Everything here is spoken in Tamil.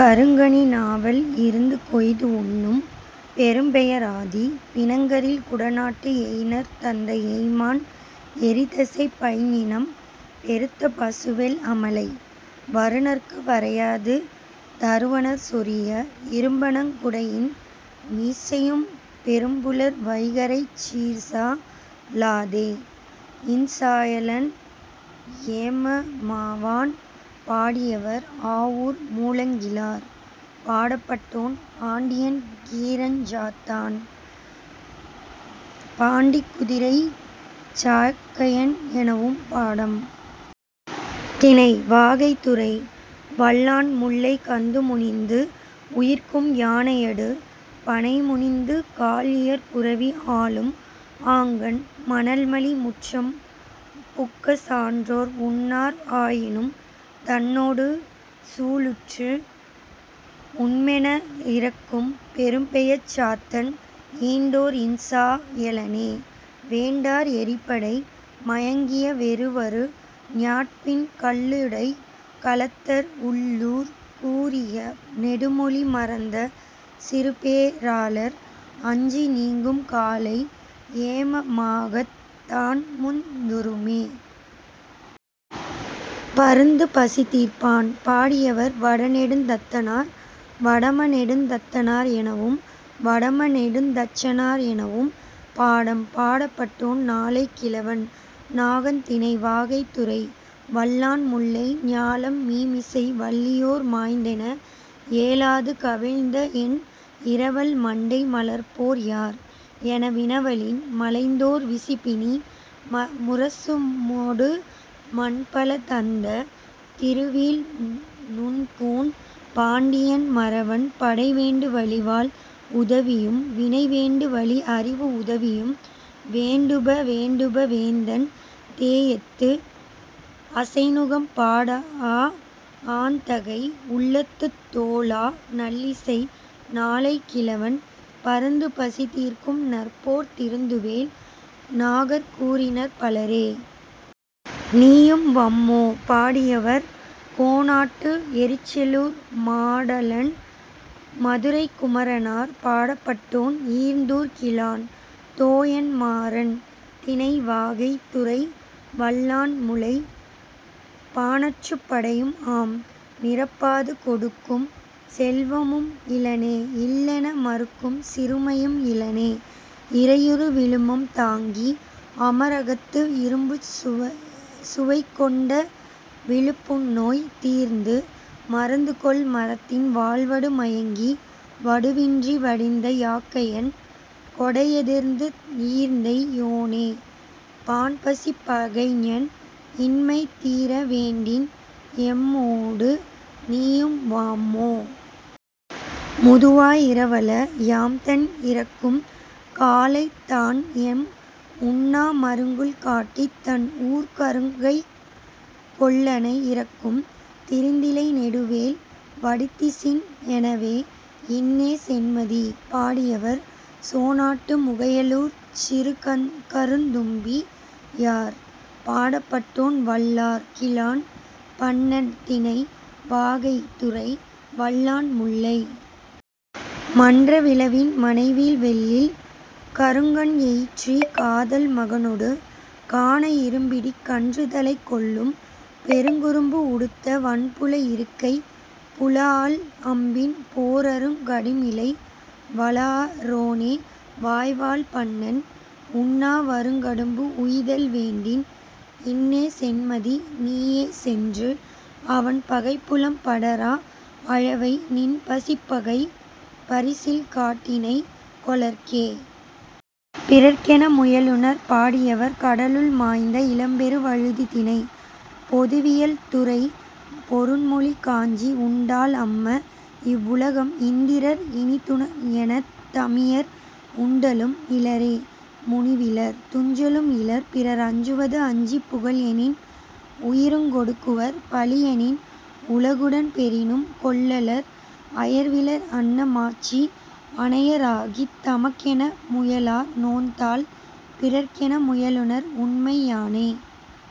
கருங்கனி நாவல் இருந்துகொய்து உண்ணும், பெரும்பெயர் ஆதி, பிணங்கரில் குடநாட்டு, எயினர் தந்த எய்ம்மான் எறிதசைப் பைஞ்ஞிணம் பெருத்த பசுவெள் அமலை, வருநர்க்கு வரையாது தருவனர் சொரிய, இரும்பனங் குடையின் மீசையும் பெரும்புலர் வைகறைச் சீர்சா லாதே.. இன்சாயலன் ஏமமாவான்! பாடியவர்: ஆவூர் மூலங்கிழார் பாடப்பட்டோன்: பாண்டியன் கீரஞ்சாத்தன் பாண்டிக் குதிரைச் சாக்கையன் எனவும் பாடம். திணை: வாகை துறை: வல்லாண் முல்லை கந்துமுனிந்து உயிர்க்கும்யானையடு, பணைமுனிந்து, கால்இயற் புரவி ஆலும் ஆங்கண், மணல்மலி முற்றம் புக்க சான்றோர் உண்ணார் ஆயினும், தன்னொடு சூளுற்று உண்மென இரக்கும் பெரும்பெயர்ச் சாத்தன் ஈண்டோர் இன்சா யலனே; வேண்டார் எறிபடை மயங்கிய வெருவரு ஞாட்பின், கள்ளுடைக் கலத்தர் உள்ளூர்க் கூறிய நெடுமொழி மறந்த சிறுபே ராளர் அஞ்சி நீங்கும் காலை, ஏம மாகத் தான்முந் துறுமே.. பருந்து பசி தீர்ப்பான்! பாடியவர்: வடநெடுந்தத்தனார்; வடம நெடுந்தத்தனார் எனவும், வடம நெடுந்தச்சனார் எனவும் பாடம். பாடப்பட்டோன்: நாலை கிழவன் நாகன் திணை: வாகை துறை: வல்லாண் முல்லை ஞாலம் மீமிசை வள்ளியோர் மாய்ந் தென, ஏலாது கவிழ்ந்தஎன் இரவல் மண்டை மலர்ப்போர் யார்? ' என வினவலின் மலைந்தோர் விசிபிணி முரசமொடு மண்பல தந்த திருவீழ் நுண்பூண் பாண்டியன் மறவன், படை வேண்டுவழி வாள் உதவியும், வினை வேண்டுவழி அறிவு உதவியும், வேண்டுப வேண்டுப வேந்தன் தேஎத்து அசைநுகம் படாஅ ஆண்தகை உள்ளத்துத், தோலா நல்லிசை, நாலை கிழவன், பருந்துபசி தீர்க்கும் நற்போர்த் திருந்துவேல் நாகற் கூறினர், பலரே.. நீயும் வம்மோ! பாடியவர்: கோனாட்டு எறிச்சிலூர் மாடலன் மதுரைக் குமரனார். பாடப்பட்டோன்: ஈர்ந்தூர் கிழான் தோயன் மாறன். திணை: வாகை. துறை: வல்லாண்முலை; பாணாற்றுப் படையும் ஆம். நிரப்பாது கொடுக்கும் செல்வமும் இலனே; இல்லென மறுக்கும் சிறுமையும் இலனே; இறையுறு விழுமம் தாங்கி, அமர்அகத்து இரும்புசுவைக் கொண்ட விழுப்புண்நோய் தீர்ந்து, மருந்துகொள் மரத்தின் வாள்வடு மயங்கி, வடுவின்றி வடிந்த யாக்கையன், கொடையெதிர்ந்து, ஈர்ந்தை யோனே, பாண்பசிப் பகைஞன்; இன்மை தீர வேண்டின், எம்மொடு நீயும் வம்மோ? முதுவாய் இரவல! யாம்தன் இரக்கும் காலைத், தான்எம் உண்ணா மருங்குல் காட்டித், தன்ஊர்க் கருங்கைக் கொல்லனை இரக்கும், 'திருந்திலை நெடுவேல் வடித்திசின்' எனவே.. இன்னே சென்மதி! பாடியவர்: சோணாட்டு முகையலூர்ச் சிறுகருந் தும்பி யார். பாடப்பட்டோன்: வல்லார் கிழான் பண்ணன். திணை: வாகை. துறை: வல்லாண்முல்லை. மன்ற விளவின் மனைவீழ் வெள்ளில், கருங்கண் எயிற்றி காதல் மகனொடு, கான இரும்பிடிக் கன்றுதலைக் கொள்ளும் பெருங்குறும்பு உடுத்த வன்புல இருக்கைப், புலாஅல் அம்பின், போர்அருங் கடிமிளை, வலாஅ ரோனே, வாய்வாள் பண்ணன்; உண்ணா வறுங்கடும்பு உய்தல் வேண்டின், இன்னே சென்மதி, நீயே; சென்று, அவன் பகைப்புலம் படரா அளவை, நின் பசிப்பகைப் பரிசில் காட்டினை கொளற்கே.. பிறர்க்கென முயலுநர்! பாடியவர்: கடலுள் மாய்ந்த இளம்பெரு வழுதி திணை: பொதுவியல் துறை: பொருண்மொழிக் காஞ்சி உண்டால் அம்ம, இவ்வுலகம்; இந்திரர்; அமிழ்தம் இயைவ தாயினும், இனிதுஎனத் தமியர் உண்டலும் இலரே; முனிவிலர்! துஞ்சலும் இலர்; பிறர் அஞ்சுவது அஞ்சிப், புகழ்எனின், உயிருங் கொடுக்குவர், பழியெனின், உலகுடன் பெறினும், கொள்ளலர், அயர்விலர்; அன்ன மாட்சி அனைய ராகித், தமக்கென முயலா நோன்தாள், பிறர்க்கென முயலுநர் உண்மை யானே..